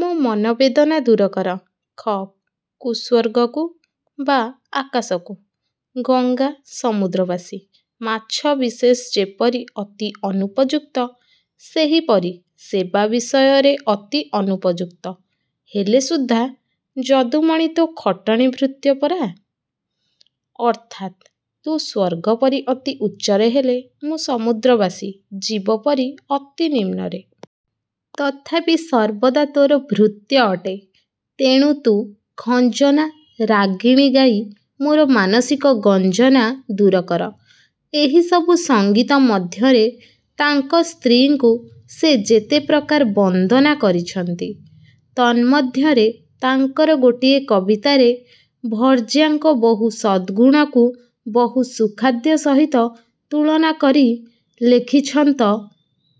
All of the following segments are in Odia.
ମୋ ମନୋବେଦନା ଦୂରକର। 'ଖ' କୁ-ସ୍ୱର୍ଗକୁ-ବା ଆକାଶକୁ, ଗଙ୍ଗା-ସମୁଦ୍ରବାସୀ ମାଛ ବିଶେଷ ଯେପରି ଅତି ଅନୁପଯୁକ୍ତ, ସେହିପରି ସେବା ବିଷୟରେ ଅତି ଅନୁପଯୁକ୍ତ ହେଲେ ସୁଦ୍ଧା ଯଦୁମଣି ତୋ ଖଟଣୀ-ଭୃତ୍ୟ ପରା? ଅର୍ଥାତ ତୁ ସ୍ୱର୍ଗପରି ଅତି ଉଚ୍ଚରେ ହେଲେ ମୁଁ ସମୁଦ୍ରବାସୀ ଜୀବପରି ଅତି ନିମ୍ନରେ। ତଥାପି ସର୍ବଦା ତୋର ଭୃତ୍ୟ ଅଟେ। ତେଣୁ ତୁ ଖଞ୍ଜନା ରାଗିଣୀ ଗାଇ ମୋର ମାନସିକ ଗଞ୍ଜନା ଦୂରକର। ଏହିସବୁ ସଙ୍ଗୀତ ମଧ୍ୟରେ ତାଙ୍କ ସ୍ତ୍ରୀଙ୍କୁ ସେ ଯେତେ ପ୍ରକାର ବନ୍ଦନା କରିଛନ୍ତି, ତନ୍ମଧ୍ୟରେ ତାଙ୍କର ଗୋଟିଏ କବିତାରେ ଭର୍ଯ୍ୟାଙ୍କ ବହୁ ସଦ୍ଗୁଣକୁ ବହୁ ସୁଖାଦ୍ୟ ସହିତ ତୁଳନା କରି ଲେଖିଛନ୍ତ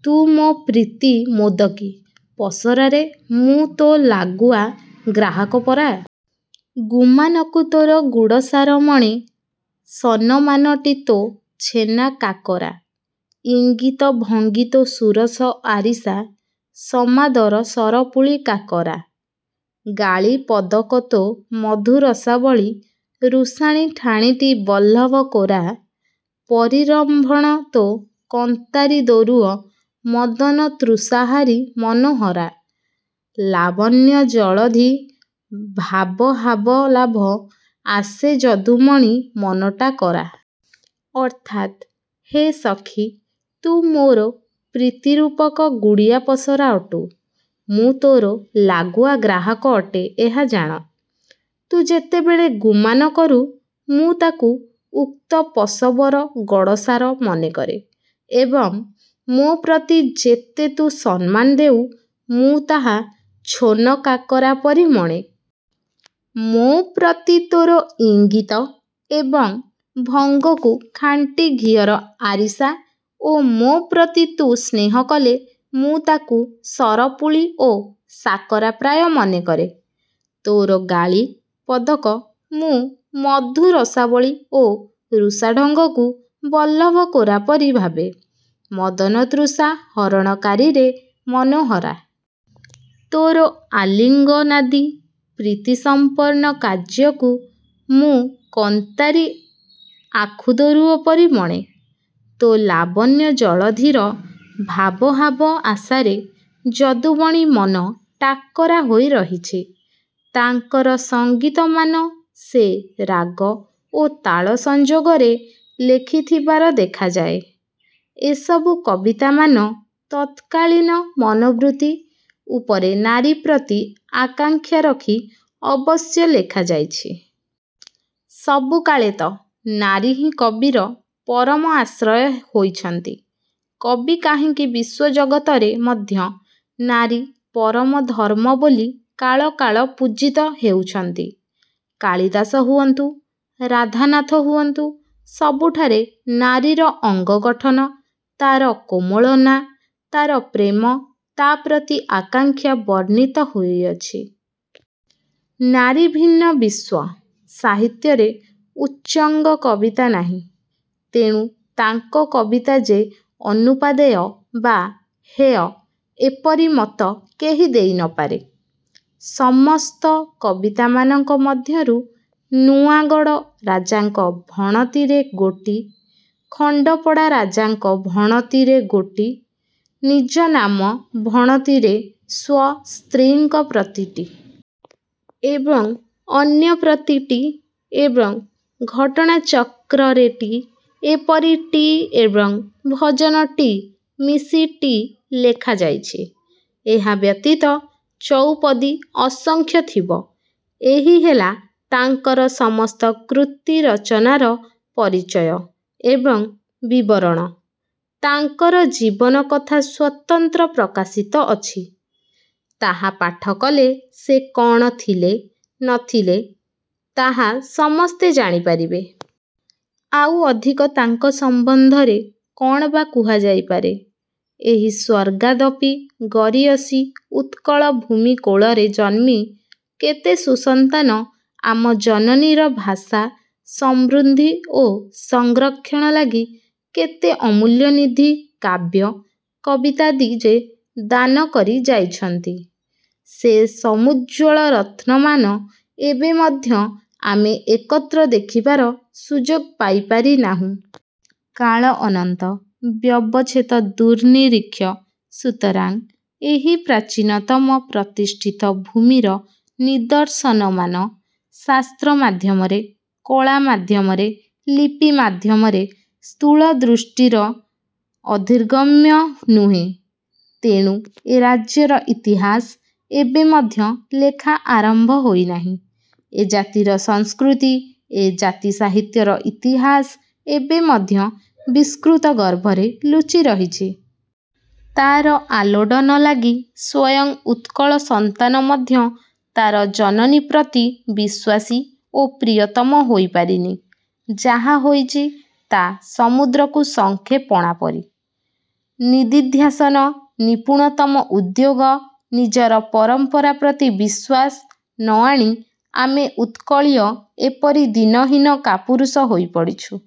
ତୁ ମୋ ପ୍ରୀତି ମୋଦକୀ ପସରାରେ ମୁଁ ତୋ ଲାଗୁଆ ଗ୍ରାହକ ପରା। ଗୁମାନକୁ ତୋର ଗୁଡ଼ସାର ମଣେ ସନମାନଟି ତୋ ଛେନା କାକରା। ଇଙ୍ଗିତ ଭଙ୍ଗିତୋ ସୁରସ ଆରିସା ସମାଦର ସରପୁଳି କାକରା। ଗାଳି ପଦକ ତୋ ମଧୁରସାବଳୀ ରୁଷାଣି ଠାଣିଟି ବଲ୍ଲଭ କୋରା। ପରିରମ୍ଭଣ ତୋ କନ୍ତାରି ଦୋରୁଅ ମଦନ ତୃଷାହାରୀ ମନୋହରା। ଲାବଣ୍ୟ ଜଳଧି ଭାବହାବ ଲାଭ ଆଶେ ଯଦୁମଣି ମନଟାକରା। ଅର୍ଥାତ୍-ହେ ସଖି! ତୁ ମୋର ପ୍ରୀତିରୂପକ ଗୁଡ଼ିଆ ପସରା ଅଟୁ। ମୁଁ ତୋର ଲାଗୁଆ ଗ୍ରାହକ ଅଟେ-ଏହା ଜାଣ। ତୁ ଯେତେବେଳ ଗୁମାନ କରୁ ମୁଁ ତାକୁ ଉକ୍ତ ପସବର ଗଡ଼ସାର ମନେକରେ। ଏବଂ ମୋ ପ୍ରତି ଯେତେ ତୁ ସମ୍ମାନ ଦେଉ ମୁଁ ତାହା ଛୋନକାକରା ପରି ମଣେ। ମୋ ପ୍ରତି ତୋର ଇଙ୍ଗିତ ଏବଂ ଭଙ୍ଗକୁ ଖାଣ୍ଟିଘିଅର ଆରିସା ଓ ମୋ ପ୍ରତି ତୁ ସ୍ନେହକଲେ ମୁଁ ତାକୁ ସରପୁଳି ଓ ସାକରା ପ୍ରାୟ ମନେକରେ। ତୋର ଗାଳି−ପଦକ ମୁଁ ମଧୁ ରସାବଳୀ ଓ ରୁଷାଢଙ୍ଗକୁ ବଲ୍ଲଭ କୋରା ପରି ଭାବେ। ମଦନତୃଷା ହରଣକାରିରେ ମନୋହରା! ତୋର ଆଲିଙ୍ଗନାଦି ପ୍ରୀତିସଂପନ୍ନ କାର୍ଯ୍ୟକୁ ମୁଁ କନ୍ତାରି ଆଖୁଦୋରୁଅ ପରି ମଣେ। ତୋ ଲାବଣ୍ୟ ଜଳଧିର ଭାବହାବ ଆଶାରେ ଯଦୁବଣି ମନ ଟାକରା ହୋଇ ରହିଛି। ତାଙ୍କର ସଂଗୀତମାନ ସେ ରାଗ ଓ ତାଳ ସଂଯୋଗରେ ଲେଖି ଥିବାର ଦେଖାଯାଏ। ଏସବୁ କବିତାମାନ ତତ୍କାଳୀନ ମନୋବୃତ୍ତି ଉପରେ ନାରୀପ୍ରତି ଆକାଙ୍କ୍ଷା ରଖି ଅବଶ୍ୟ ଲେଖାଯାଇଛି। ସବୁକାଳେତ ନାରୀହିଁ କବିର ପରମ ଆଶ୍ରୟ ହୋଇଛନ୍ତି। କବି କାହିଁକି ବିଶ୍ୱଜଗତରେ ମଧ୍ୟ ନାରୀ ପରମ ଧର୍ମ୍ମ ବୋଲି କାଳ କାଳ ପୂଜିତ ହେଉଛନ୍ତି। କାଳୀଦାସ ହୁଅନ୍ତୁ, ରାଧାନାଥ ହୁଅନ୍ତୁ, ସବୁଠାରେ ନାରୀର ଅଙ୍ଗଗଠନ, ତାର କୋମଳନା, ତାର ପ୍ରେମ, ତା ପ୍ରତି ଆକାଙ୍କ୍ଷା ବର୍ଣ୍ଣିତ ହୋଇଅଛି। ନାରୀଭିନ୍ନ ବିଶ୍ୱ−ସାହିତ୍ୟରେ ଉଚ୍ଚଙ୍ଗ କବିତା ନାହିଁ। ତେଣୁ ତାଙ୍କ କବିତା ଯେ ଅନୁପାଦେୟ ବା ହେୟ ଏପରି ମତ କେହି ଦେଇ ନ ପାରେ। ସମସ୍ତ କବିତାମାନଙ୍କ ମଧ୍ୟରୁ ନୂଆଁଗଡ଼ ରାଜାଙ୍କ ଭଣତିରେ ଗୋଟି, ଖଣ୍ଡପଡ଼ା ରାଜାଙ୍କ ଭଣତିରେ ଗୋଟି, ନିଜନାମ ଭଣତିରେ ସ୍ୱ ସ୍ତ୍ରୀଙ୍କ ପ୍ରତି ଟି। ଏବଂ ଅନ୍ୟପ୍ରତି ଟି ଏବଂ ଘଟଣା ଚକ୍ରରେ ଟି ଏପରି ଟି ଏବଂ ଭଜନ ଟି ମିଶି ଟି ଲେଖାଯାଇଛି। ଏହା ବ୍ୟତୀତ ଚଉପଦୀ ଅସଂଖ୍ୟ ଥିବ। ଏହି ହେଲା ତାଙ୍କର ସମସ୍ତକୃତୀ ରଚନାର ପରିଚୟ ଏବଂ ବିବରଣ। ତାଙ୍କର ଜୀବନ କଥା ସ୍ୱତନ୍ତ୍ର ପ୍ରକାଶିତ ଅଛି, ତାହା ପାଠକଲେ ସେ କଣ ଥିଲେ, ନ ଥିଲେ ତାହା ସମସ୍ତେ ଜାଣିପାରିବେ। ଆଉ ଅଧିକ ତାଙ୍କ ସମ୍ବନ୍ଧରେ କଣ ବା କୁହାଯାଇପାରେ? ଏହି ସ୍ୱର୍ଗାଦପି ଗରୀୟସୀ ଉତ୍କଳ ଭୂମି କୋଳରେ ଜନ୍ମି କେତେ ସୁସନ୍ତାନ ଆମ ଜନନୀର ଭାଷା ସମୃଦ୍ଧି ଓ ସଂରକ୍ଷଣ ଲାଗି କେତେ ଅମୂଲ୍ୟନିଧି କାବ୍ୟ କବିତାଦି ଯେ ଦାନକରି ଯାଇଛନ୍ତି, ସେ ସମୂଜ୍ଜ୍ୱଳ ରତ୍ନମାନ ଏବେ ମଧ୍ୟ ଆମେ ଏକତ୍ର ଦେଖିବାର ସୁଯୋଗ ପାଇପାରି ନାହୁଁ। କାଳ ଅନନ୍ତ, ବ୍ୟବଚ୍ଛେଦ ଦୁର୍ନିରୀକ୍ଷ; ସୁତରାଂ ଏହି ପ୍ରାଚୀନତମ ପ୍ରତିଷ୍ଠିତ ଭୂମିର ନିଦର୍ଶନମାନ ଶାସ୍ତ୍ର ମାଧ୍ୟମରେ, କଳା ମାଧ୍ୟମରେ, ଲିପି ମାଧ୍ୟମରେ ସ୍ଥୂଳଦୃଷ୍ଟିର ଅଧିଗମ୍ୟ ନୁହେଁ। ତେଣୁ ଏ ରାଜ୍ୟର ଇତିହାସ ଏବେ ମଧ୍ୟ ଲେଖା ଆରମ୍ଭ ହୋଇନାହିଁ। ଏ ଜାତିର ସଂସ୍କୃତି, ଏ ଜାତି ସାହିତ୍ୟର ଇତିହାସ ଏବେ ମଧ୍ୟ ବିସ୍କୃତଗର୍ଭରେ ଲୁଚି ରହିଛି। ତାର ଆଲୋଡ଼ନ ଲାଗି ସ୍ୱୟଂ ଉତ୍କଳ ସନ୍ତାନ ମଧ୍ୟ ତାର ଜନନୀ ପ୍ରତି ବିଶ୍ୱାସୀ ଓ ପ୍ରୀୟତମ ହୋଇପାରିନି। ଯାହା ହୋଇଚି ତା ସମୁଦ୍ରକୁ ଶଙ୍ଖେ ପଣା ପରି। ନିଦିଧ୍ୟାସନ, ନିପୁଣତମ ଉଦ୍ଯୋଗ, ନିଜର ପରଂପରା ପ୍ରତି ବିଶ୍ୱାସ ନ ଆଣି ଆମେ ଉତ୍କଳୀୟ ଏପରି ଦୀନହୀନ କାପୁରୁଷ ହୋଇପଡ଼ିଛୁ।